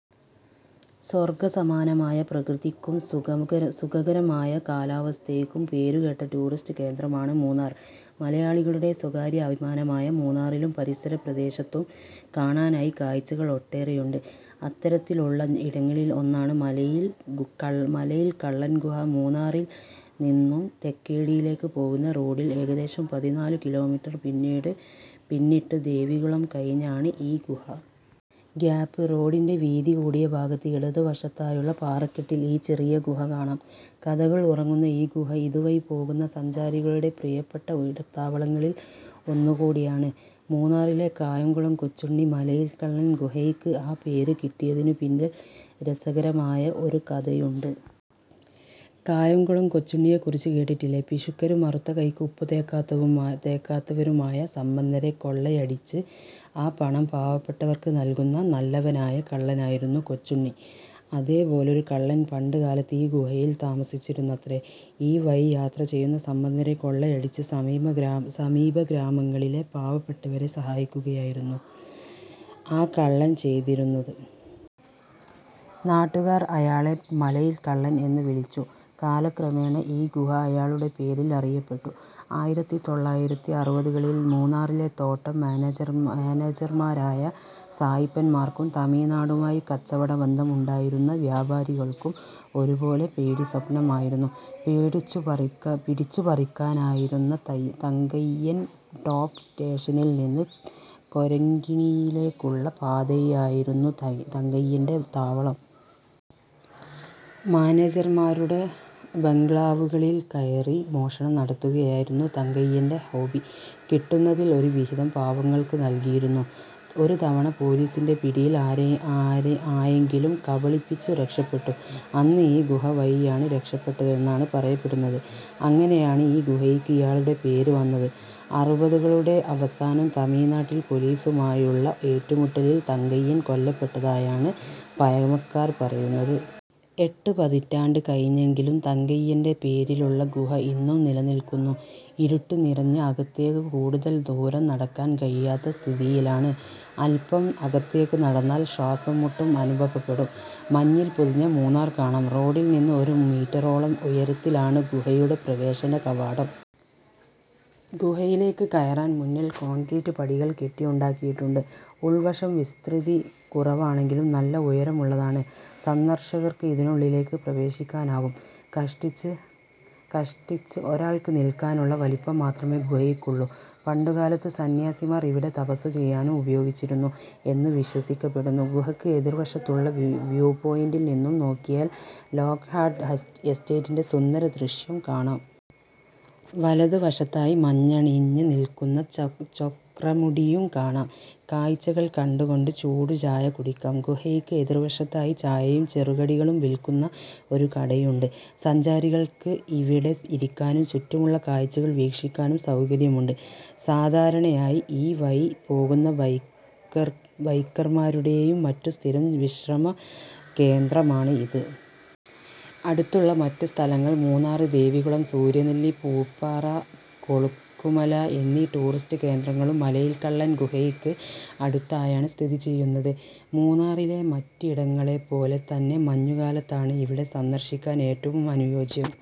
സ്വർഗ്ഗ സമാനമായ പ്രകൃതിക്കും സുഖകരമായ കാലാവസ്ഥയ്ക്കും പേരുകേട്ട ടൂറിസ്റ്റ് കേന്ദ്രമാണ് മൂന്നാർ. മലയാളികളുടെ സ്വകാര്യ അഭിമാനമായ മൂന്നാറിലും പരിസരപ്രദേശത്തും കാണാനായി കാഴ്ചകൾ ഒട്ടേറെയുണ്ട്. അത്തരത്തിലുള്ള ഇടങ്ങളിൽ ഒന്നാണ് മലയിൽ കള്ളൻ ഗുഹ. മൂന്നാറിൽ നിന്നും തേക്കടിയിലേക്ക് പോകുന്ന റോഡിൽ, ഏകദേശം പതിനാലു കിലോമീറ്റർ പിന്നിട്ട്, ദേവികുളം കഴിഞ്ഞാണ് ഈ ഗുഹ. ഗ്യാപ്പ് റോഡിന്റെ വീതി കൂടിയഭാഗത്ത്, ഇടത് വശത്തായുള്ള പാറക്കെട്ടിൽ ഈ ചെറിയ ഗുഹ കാണാം. കഥകൾ ഉറങ്ങുന്ന ഈ ഗുഹ ഇതുവഴി പോകുന്ന സഞ്ചാരികളുടെ പ്രിയപ്പെട്ട ഇടത്താവളങ്ങളിൽ ഒന്നുകൂടിയാണ്. മൂന്നാറിലെ കായംകുളം കൊച്ചുണ്ണി! മലയിൽ കള്ളൻ ഗുഹയ്ക്ക് ആ പേര് കിട്ടിയതിനു പിന്നിൽ രസകരമായ ഒരു കഥയുണ്ട്. കായംകുളം കൊച്ചുണ്ണിയെക്കുറിച്ച് കേട്ടിട്ടില്ലേ? പിശുക്കരും അറുത്ത കൈക്ക് ഉപ്പുതേക്കാത്തവരുമായ സമ്പന്നരെ കൊള്ളയടിച്ച്, ആ പണം പാവപ്പെട്ടവർക്ക് നൽകുന്ന നല്ലവനായ കള്ളനായിരുന്നു കൊച്ചുണ്ണി. അതേ പോലൊരു കള്ളൻ പണ്ട് കാലത്ത് ഈ ഗുഹയിൽ താമസിച്ചിരുന്നത്രേ. ഈ വഴി യാത്ര ചെയ്യുന്ന സമ്പന്നരെ കൊള്ളയടിച്ച് സമീപ ഗ്രാമങ്ങളിലെ പാവപ്പെട്ടവരെ സഹായിക്കുകയായിരുന്നു ആ കള്ളൻ ചെയ്തിരുന്നത്. നാട്ടുകാർ അയാളെ ' മലയിൽ കള്ളൻ ' എന്ന് വിളിച്ചു. കാലക്രമേണ, ഈ ഗുഹ അയാളുടെ പേരിൽ അറിയപ്പെട്ടു. ആയിരത്തിതൊള്ളായിരത്തിഅറുപതുകളിൽ മൂന്നാറിലെ തോട്ടം മാനേജർമാരായ സായ്പന്മാർക്കും തമിഴ്നാടുമായി കച്ചവട ബന്ധം ഉണ്ടായിരുന്ന വ്യാപാരികൾക്കും ഒരുപോലെ പേടിസ്വപ്നം ആയിരുന്നു പിടിച്ചുപറിക്കാരനായിരുന്ന തങ്കയ്യൻ. ടോപ് സ്റ്റേഷനിൽ നിന്ന് കൊരങ്കിണിയിലേക്കുള്ള പാതയായിരുന്നു തങ്കയ്യന്റെ താവളം. മാനേജർമാരുടെ ബംഗ്ലാവുകളിൽ കയറി മോഷണം നടത്തുകയായിരുന്നു തങ്കയ്യന്റെ ഹോബി. കിട്ടുന്നതിൽ ഒരു വിഹിതം പാവങ്ങൾക്കു നൽകിയിരുന്നു. ഒരുതവണ പൊലീസിന്റെ പിടിയിൽ ആയെങ്കിലും കബളിപ്പിച്ചു രക്ഷപ്പെട്ടു. അന്ന് ഈ ഗുഹ വഴിയാണ് രക്ഷപ്പെട്ടതെന്നാണ് പറയപ്പെടുന്നത്. അങ്ങനെയാണ് ഈ ഗുഹയ്ക്ക് ഇയാളുടെ പേര് വന്നത്. അറുപതുകളുടെ അവസാനം തമിഴ്നാട്ടിൽ പൊലീസുമായുള്ള ഏറ്റുമുട്ടലിൽ തങ്കയ്യൻ കൊല്ലപ്പെട്ടതായാണ് പഴമക്കാർ പറയുന്നത്. എട്ട് പതിറ്റാണ്ട് കഴിഞ്ഞെങ്കിലും തങ്കയ്യന്റെ പേരിലുള്ള ഗുഹ ഇന്നും നിലനിൽക്കുന്നു. ഇരുട്ട് നിറഞ്ഞ് അകത്തേക്ക് കൂടുതൽ ദൂരം നടക്കാൻ കഴിയാത്ത സ്ഥിതിയിലാണ്. അൽപം അകത്തേക്ക് നടന്നാൽ ശ്വാസംമുട്ടും അനുഭവപ്പെടും. മഞ്ഞിൽ പൊതിഞ്ഞ മൂന്നാർ കാണാം റോഡിൽ നിന്ന് ഒരു മീറ്ററോളം ഉയരത്തിലാണ് ഗുഹയുടെ പ്രവേശന കവാടം. ഗുഹയിലേക്ക് കയറാൻ മുന്നിൽ കോൺക്രീറ്റ് പടികൾ കെട്ടി ഉണ്ടാക്കിയിട്ടുണ്ട്. ഉൾവശം വിസ്തൃതി കുറവാണെങ്കിലും നല്ല ഉയരമുള്ളതാണ്. സന്ദർശകർക്ക് ഇതിനുള്ളിലേക്ക് പ്രവേശിക്കാനാവും. കഷ്ടിച്ച് ഒരാൾക്ക് നിൽക്കാനുള്ള വലിപ്പം മാത്രമേ ഗുഹയ്ക്ക് ഉള്ളു. പണ്ടുകാലത്ത് സന്യാസിമാർ ഇവിടെ തപസ്സു ചെയ്യാനും ഉപയോഗിച്ചിരുന്നു എന്നും വിശ്വസിക്കപ്പെടുന്നു. ഗുഹക്ക് എതിർ വശത്തായുള്ള വ്യൂപോയിന്റിൽ നിന്നും നോക്കിയാല് ലോക്ക് ഹാർട്ട് എസ്റ്റേറ്റിന്റെ സുന്ദരദൃശ്യം കാണാം. വലത് വശത്തായി മഞ്ഞണിഞ്ഞ് നിൽക്കുന്ന ചൊക്രമുടിയും കാണാം. കാഴ്ചകൾ കണ്ടുകൊണ്ട് ചൂടുചായ കുടിക്കാം ഗുഹയ്ക്ക് എതിർവശത്തായി ചായയും ചെറുകടികളും വിൽക്കുന്ന ഒരു കടയുണ്ട്. സഞ്ചാരികൾക്ക് ഇവിടെ ഇരിക്കാനും ചുറ്റുമുള്ള കാഴ്ചകൾ വീക്ഷിക്കാനും സൗകര്യമുണ്ട്. സാധാരണയായി ഈ വഴി പോകുന്ന ബൈക്കർമാരുടെയും മറ്റും സ്ഥിരം വിശ്രമകേന്ദ്രമാണ് ഇത്. അടുത്തുള്ള മറ്റ് സ്ഥലങ്ങൾ മൂന്നാർ, ദേവികുളം, സൂര്യനെല്ലി, പൂപ്പാറ, കൊളുക്കുമല എന്നീ ടൂറിസ്റ്റ് കേന്ദ്രങ്ങളും മലയിൽ കള്ളൻ ഗുഹയ്ക്ക് അടുത്തായാണ് സ്ഥിതിചെയ്യുന്നത്. മൂന്നാറിലെ മറ്റിടങ്ങളെപ്പോലെ തന്നെ മഞ്ഞുകാലത്താണ് ഇവിടം സന്ദർശിക്കാൻ ഏറ്റവും അനുയോജ്യം.